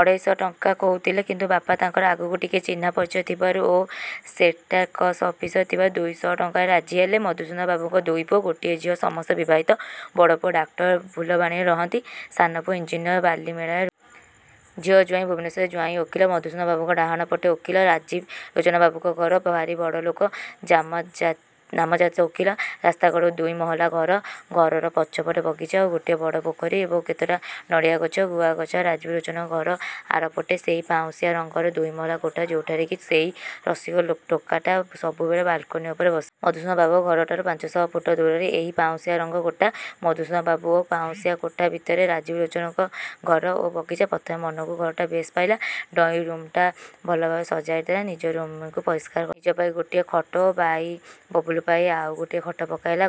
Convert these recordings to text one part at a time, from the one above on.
ଅଢ଼େଇଶହ ଟଙ୍କା କହୁଥିଲେ। କିନ୍ତୁ ବାପା ତାଙ୍କର ଆଗରୁ ଟିକେ ଚିହ୍ନା ପରିଚିତ ଥିବାରୁ ଏବଂ ସେଲ୍ଟ୍ୟାକସ୍ ଅଫିସର ଥିବାରୁ ଦୁଇଶହ ଟଙ୍କାରେ ରାଜି ହେଲେ। ମଧୁସୂଦନବାବୁଙ୍କର ଦୁଇପୁଅ, ଗୋଟିଏ ଝିଅ ସମସ୍ତେ ବିବାହିତ। ବଡ଼ପୁଅ ଡାକ୍ତର ଫୁଲବାଣୀରେ ରହନ୍ତି। ସାନ ପୁଅ ଇଞ୍ଜିନିୟର ବାଲିମେଳାରେ ରୁହନ୍ତି। ଝିଅଜ୍ୱାଇଁ ଭୁବନେଶ୍ୱରରେ, ଜ୍ୱାଇଁ ଓକିଲ। ମଧୁସୂଦନବାବୁଙ୍କ ଡାହାଣ ପଟେ ଓକିଲ ରାଜୀବଲୋଚନବାବୁଙ୍କ ଘର। ଭାରି ବଡ଼ଲୋକ, ନାମଜାଦା ଓକିଲ। ରାସ୍ତା କଡ଼କୁ ଦୁଇ ମହଲା ଘର। ଘରର ପଛପଟେ ବଗିଚା ଓ ଗୋଟିଏ ବଡ଼ ପୋଖରୀ ଏବଂ କେତେଟା ନଡ଼ିଆ ଗଛ, ଗୁଆଗଛ। ରାଜୀବଲୋଚନବାବୁଙ୍କ ଘର ଆରପଟେ ସେହି ପାଉଁଶିଆ ରଙ୍ଗର ଦୁଇମହଲା କୋଠା ଯେଉଁଠାରେ କି ସେହି ରସିକ ଲୋକଟା ସବୁବେଳେ ବାଲକୋନି ଉପରେ ବସେ। ମଧୁସୂଦନ ବାବୁଙ୍କ ଘରଠାରୁ ପାଞ୍ଚଶହ ଫୁଟ ଦୂରରେ ଏହି ପାଉଁଶିଆ ରଙ୍ଗ କୋଠା। ମଧୁସୂଦନ ବାବୁ ଓ ପାଉଁଶିଆ କୋଠା ଭିତରେ ରାଜୀବଲୋଚନବାବୁଙ୍କ ଘର ଓ ବଗିଚା। ପ୍ରଥମେ ମନକୁ ଘରଟା ବେଶ୍ ପାଇଲା। ଡ୍ରଇଁ ରୁମ୍ଟା ଭଲଭାବରେ ସଜାଇ ଦେଲା। ନିଜ ରୁମ୍ଟିକୁ ପରିଷ୍କାର କରିଦେଲା। ନିଜ ପାଇଁ ଗୋଟିଏ ଖଟ ଓ ଭାଇ ବୁବୁଲୁ ପାଇଁ ଆଉ ଗୋଟିଏ ଖଟ ପକାଇଲା।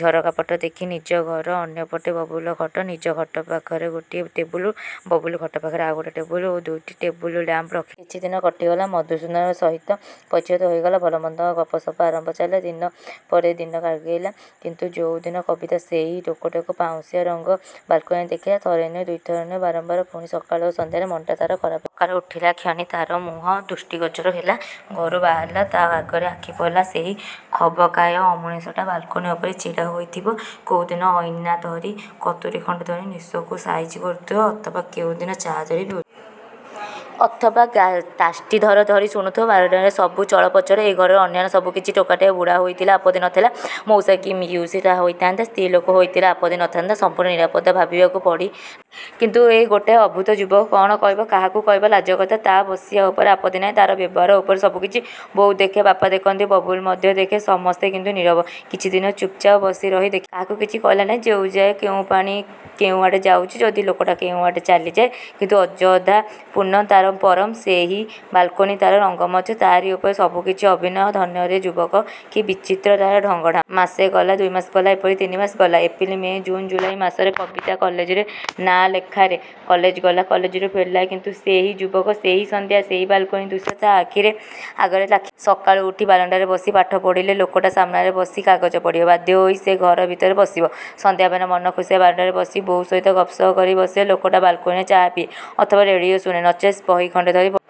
ଝରକା ପଟ ଦେଖି ନିଜ ଖଟ, ଅନ୍ୟ ପଟେ ବୁବୁଲୁର ଖଟ। ନିଜ ଖଟ ପାଖରେ ଗୋଟିଏ ଟେବୁଲ। ବୁବୁଲ ଖଟ ପାଖରେ ଆଉ ଗୋଟିଏ ଟେବୁଲ ଓ ଦୁଇଟି ଟେବୁଲ୍ ଲ୍ୟାମ୍ପ ରଖିଲା। କିଛିଦିନ କଟିଗଲା। ମଧୁସୂଦନବାବୁଙ୍କ ସହିତ ପରିଚିତ ହୋଇଗଲା। ଭଲ ମନ୍ଦ ଗପ ସପ ଆରମ୍ଭ ଚାଲିଲା। ଦିନ ପରେ ଦିନ ଆଗେଇଲା। କିନ୍ତୁ ଯେଉଁ ଦିନ କବିତା ସେହି ଲୋକଟିକୁ ପାଉଁଶିଆ ରଙ୍ଗ ବାଲକୋନିରେ ଦେଖିଲା ଥରେ ନୁହେଁ ଦୁଇଥର ନୁହେଁ ବାରମ୍ୱାର, ପୁଣି ସକାଳ ଓ ସନ୍ଧ୍ୟାରେ ମନଟା ତା'ର ଖରାପ ହୋଇଗଲା। ସକାଳେ ଉଠିଲା କ୍ଷଣି ତା'ର ମୁହଁ ଦୃଷ୍ଟିଗୋଚର ହେଲା। ଘରୁ ବାହାରିଲେ ତା' ଉପରେ ଆଖି ପଡ଼ିଲା। ସେହି ଖର୍ବକାୟ ଅମଣିଷଟା ବାଲକୋନି ଉପରେ ଛିଡ଼ା ହୋଇଥିବ। କେଉଁଦିନ ଅଇନା ଧରି କତୁରି ଖଣ୍ଡେ ଧରି ନିଶକୁ ସାଇଜ କରୁଥିବ। ଅଥବା କେଉଁ ଦିନ ଚା' ଧରି ପିଉଥିବ। ଅଥବା ଟ୍ରାଞ୍ଜିଷ୍ଟର ଧରି ଶୁଣୁଥିବ। ବାରଣ୍ଡାରେ ସବୁ ଚଳପ୍ରଚଳ, ଏ ଘରର ଅନ୍ୟାନ୍ୟ ସବୁ କିଛି। ଟୋକାଟାଏ, ବୁଢ଼ା ହୋଇଥିଲେ ଆପତ୍ତି ନ ଥିଲା। ମଉସା କି ପିଉସା ହୋଇଥାନ୍ତା। ସ୍ତ୍ରୀ ଲୋକ ହୋଇଥିଲେ ଆପତ୍ତି ନ ଥାନ୍ତା, ସମ୍ପୂର୍ଣ୍ଣ ନିରାପଦ। ଭାବିବାକୁ ପଡ଼ି ନ ଥାନ୍ତା। କିନ୍ତୁ ଏ ଗୋଟାଏ ଅଦ୍ଭୁତ ଯୁବକ। କ'ଣ କହିବ, କାହାକୁ କହିବ, ଲାଜକଥା। ତା' ବସିବା ଉପରେ ଆପତ୍ତି ନାହିଁ। ତା'ର ବ୍ୟବହାର ଉପରେ ସବୁକିଛି। ବୋଉ ଦେଖେ ବାପା ଦେଖନ୍ତି। ବୁବୁଲୁ ମଧ୍ୟ ଦେଖେ ସମସ୍ତେ କିନ୍ତୁ ନୀରବ। କିଛିଦିନ ଚୁପ୍ଚାପ୍ ବସି ରହି ଦେଖିଲା। କାହାକୁ କିଛି କହିଲା ନାହିଁ। ଦେଖାଯାଉ କେଉଁପାଣି କେଉଁ ଆଡ଼େ ଯାଉଛି। ଯଦି ଲୋକଟା କେଉଁଆଡ଼େ ଚାଲି ଯାଏ କିନ୍ତୁ ଯଥା ପୂର୍ବଂ ତଥା ପରଂ। ସେହି ବାଲକୋନି ତା'ର ରଙ୍ଗମଞ୍ଚ। ତା'ରି ଉପରେ ସବୁ କିଛି ଅଭିନୟ। ଧନ୍ୟରେ ଯୁବକ। କି ବିଚିତ୍ର ତା'ର ଢଙ୍ଗଢ଼ାଙ୍ଗ। ମାସେ ଗଲା, ଦୁଇମାସ ଗଲା; ଏପରିକି ତିନିମାସ ଗଲା। ଏପ୍ରିଲ, ମେ, ଜୁନ, ଜୁଲାଇ ମାସରେ କବିତା କଲେଜରେ ନାଁ ଲେଖିଲା ରେ। କଲେଜ ଗଲା। କଲେଜରୁ ଫେରିଲା। କିନ୍ତୁ ସେହି ଯୁବକ, ସେହି ସନ୍ଧ୍ୟା, ସେହି ବାଲକୋନି ଦୃଶ୍ୟ ତା' ଆଖି ଆଗରେ ଲାଖିଗଲା। ସକାଳୁ ଉଠି ବାରଣ୍ଡାରେ ବସି ପାଠ ପଢ଼ିଲେ, ଲୋକଟା ସାମନାରେ ବସି କାଗଜ ପଢ଼ିବ। ବାଧ୍ୟହୋଇ ସେ ଘର ଭିତରେ ବସିବ। ସନ୍ଧ୍ୟାବେଳେ ମନ ଖୁସିରେ ବାରଣ୍ଡାରେ ବସି ବୋଉ ସହିତ ଗପସପ କରି ବସିଲେ ଲୋକଟା ବାଲକୋନିରେ ଚା' ପିଏ, ଅଥବା ରେଡ଼ିଓ ଶୁଣେ; ନଚେତ୍ ବହି ଖଣ୍ଡେ ଧରି ପଢ଼େ।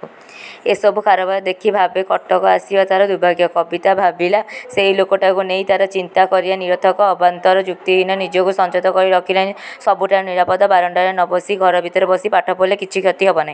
ଏ ସବୁ କାରବାର ଦେଖି ଭାବେ କଟକ ଆସିବା ତା'ର ଦୁର୍ଭାଗ୍ୟ। କବିତା ଭାବିଲା ସେଇ ଲୋକଟାକୁ ନେଇ ତା'ର ଚିନ୍ତା କରିବା ନିରର୍ଥକ, ଅବାନ୍ତର, ଯୁକ୍ତିହୀନ। ନିଜକୁ ସଞ୍ଜତ କରି ରଖିଲେ ସବୁଠାରୁ ନିରାପଦ। ବାରଣ୍ଡାରେ ନ ବସି ଘର ଭିତରେ ବସି ପାଠ ପଢ଼ିଲେ କିଛି କ୍ଷତି ହେବନାହିଁ।